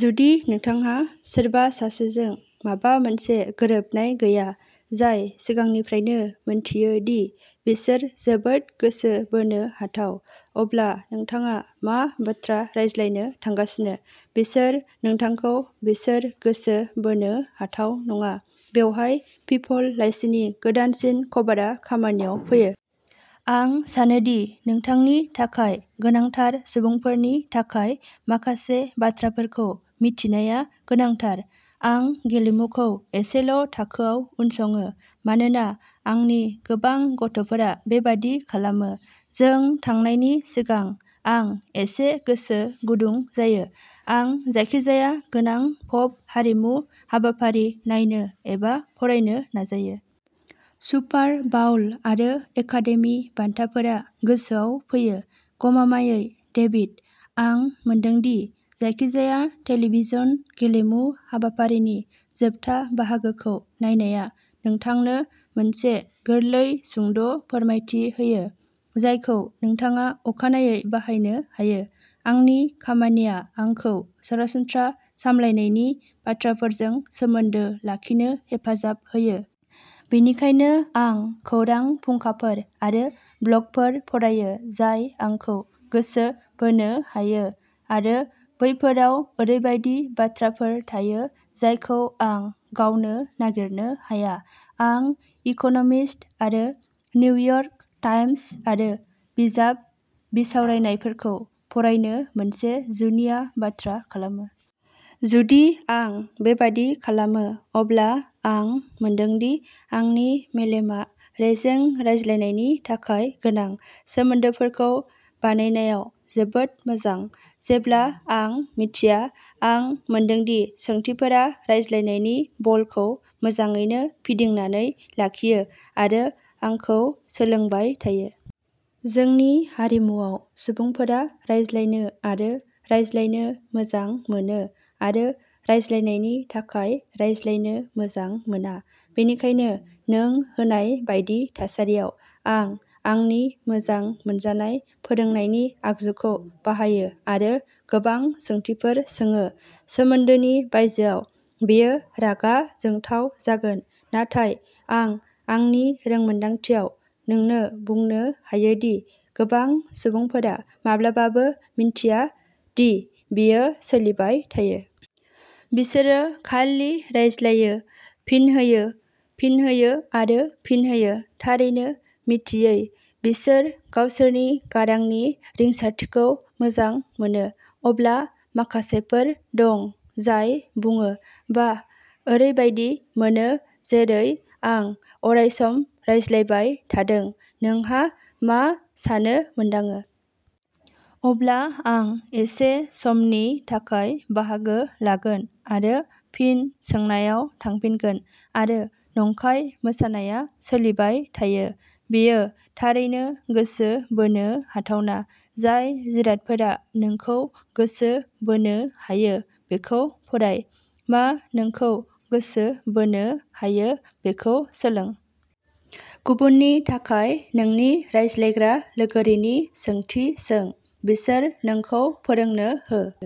जुदि नोंथांहा सोरबा सासेजों माबा मोनसे गोरोबनाय गैया, जाय सिगांनिफ्रायनो मिन्थियो दि बिसोर जोबोद गोसो बोनो हाथाव, अब्ला नोंथाङा मा बाथ्रा रायज्लायनो थांगासिनो? बिसोर नोंथांखौ बिसोर गोसो बोनो हाथाव नङा। बेवहायनो पिपल लाइसिनि गोदानसिन कभारआ खामानियाव फैयो। आं सानो दि नोंथांनि थाखाय गोनांथार सुबुंफोरनि थाखाय माखासे बाथ्राफोरखौ मिथिनाया गोनांथार। आं गेलेमुखौ एसेल' थाखोआव उनसङो मानोना आंनि गोबां गथ' फोरा बेबादि खालामो। जों थांनायनि सिगां आं एसे गोसो गुदुं जायो। आं जायखिजाया गोनां पप हारिमु हाबाफारि नायनो एबा फरायनो नाजायो। सुपार बाउल आरो एकादेमि बान्थाफोरा गोसोआव फैयो। गमामायै, डेभिड, आं मोनदों दि जायखिजाया टेलिभिजन गेलेमु हाबाफारिनि जोबथा बाहागोखौ नायनाया नोंथांनो मोनसे गोरलै सुंद' फोरमायथि होयो, जायखौ नोंथाङा अखानायै बाहायनो हायो। आंनि खामानिया आंखौ सरासनस्रा सामलायनायनि बाथ्राफोरजों सोमोन्दो लाखिनो हेफाजाब होयो। बेनिखायनो आं खौरां फुंखाफोर आरो ब्लगफोर फरायो जाय आंखौ गोसो बोनो हायो आरो बैफोराव ओरैबायदि बाथ्राफोर थायो जायखौ आं गावनो नागिरनो हाया। आं इक'न'मिस्ट आरो निउयर्क टाइम्स आरो बिजाब बिसावरायनायफोरखौ फरायनो मोनसे जुनिया बाथ्रा खालामो। जुदि आं बेबादि खालामो, अब्ला आं मोनदों दि आंनि मेलेमआ रेजें रायज्लायनायनि थाखाय गोनां सोमोन्दोफोरखौ बानायनायाव जोबोद मोजां। जेब्ला आं मिथिया, आं मोनदों दि सोंथिफोरा रायज्लायनायनि बलखौ मोजाङैनो फिदिंनानै लाखियो आरो आंखौ सोलोंबाय थायो। जोंनि हारिमुआव, सुबुंफोरा रायज्लायनो आरो रायज्लायनो मोजां मोनो आरो रायज्लायनायनि थाखाय रायज्लायनो मोजां मोना। बेनिखायनो, नों होनाय बायदि थासारियाव, आं आंनि मोजां मोनजानाय फोरोंनायनि आगजुखौ बाहायो आरो गोबां सोंथिफोर सोङो। सोमोन्दोनि बायजोआव बेयो रागा जोंथाव जागोन, नाथाय आं आंनि रोंमोन्दांथियाव नोंनो बुंनो हायो दि गोबां सुबुंफोरा माब्लाबाबो मिन्थिया दि बेयो सोलिबाय थायो। बिसोरो खालि रायज्लायो, फिन होयो, फिन होयो आरो फिन होयो थारैनो, मिथियै। बिसोर गावसोरनि गारांनि रिंसारथिखौ मोजां मोनो। अब्ला माखासेफोर दं जाय बुङो, "बाह, ओरैबायदि मोनो जेरै आं अरायसम रायज्लायबाय थादों, नोंहा मा सानो मोनदाङो?" अब्ला, आं एसे समनि थाखाय बाहागो लागोन आरो फिन सोंनायाव थांफिनगोन आरो नंखाय मोसानायआ सोलिबाय थायो। बेयो थारैनो गोसो बोनो हाथावना। जाय जिरादफोरा नोंखौ गोसो बोनो हायो बेखौ फराय। मा नोंखौ गोसो बोनो हायो बेखौ सोलों। गुबुननि थाखाय, नोंनि रायज्लायग्रा लोगोरिनि सोंथि सों। बिसोर नोंखौ फोरोंनो हो।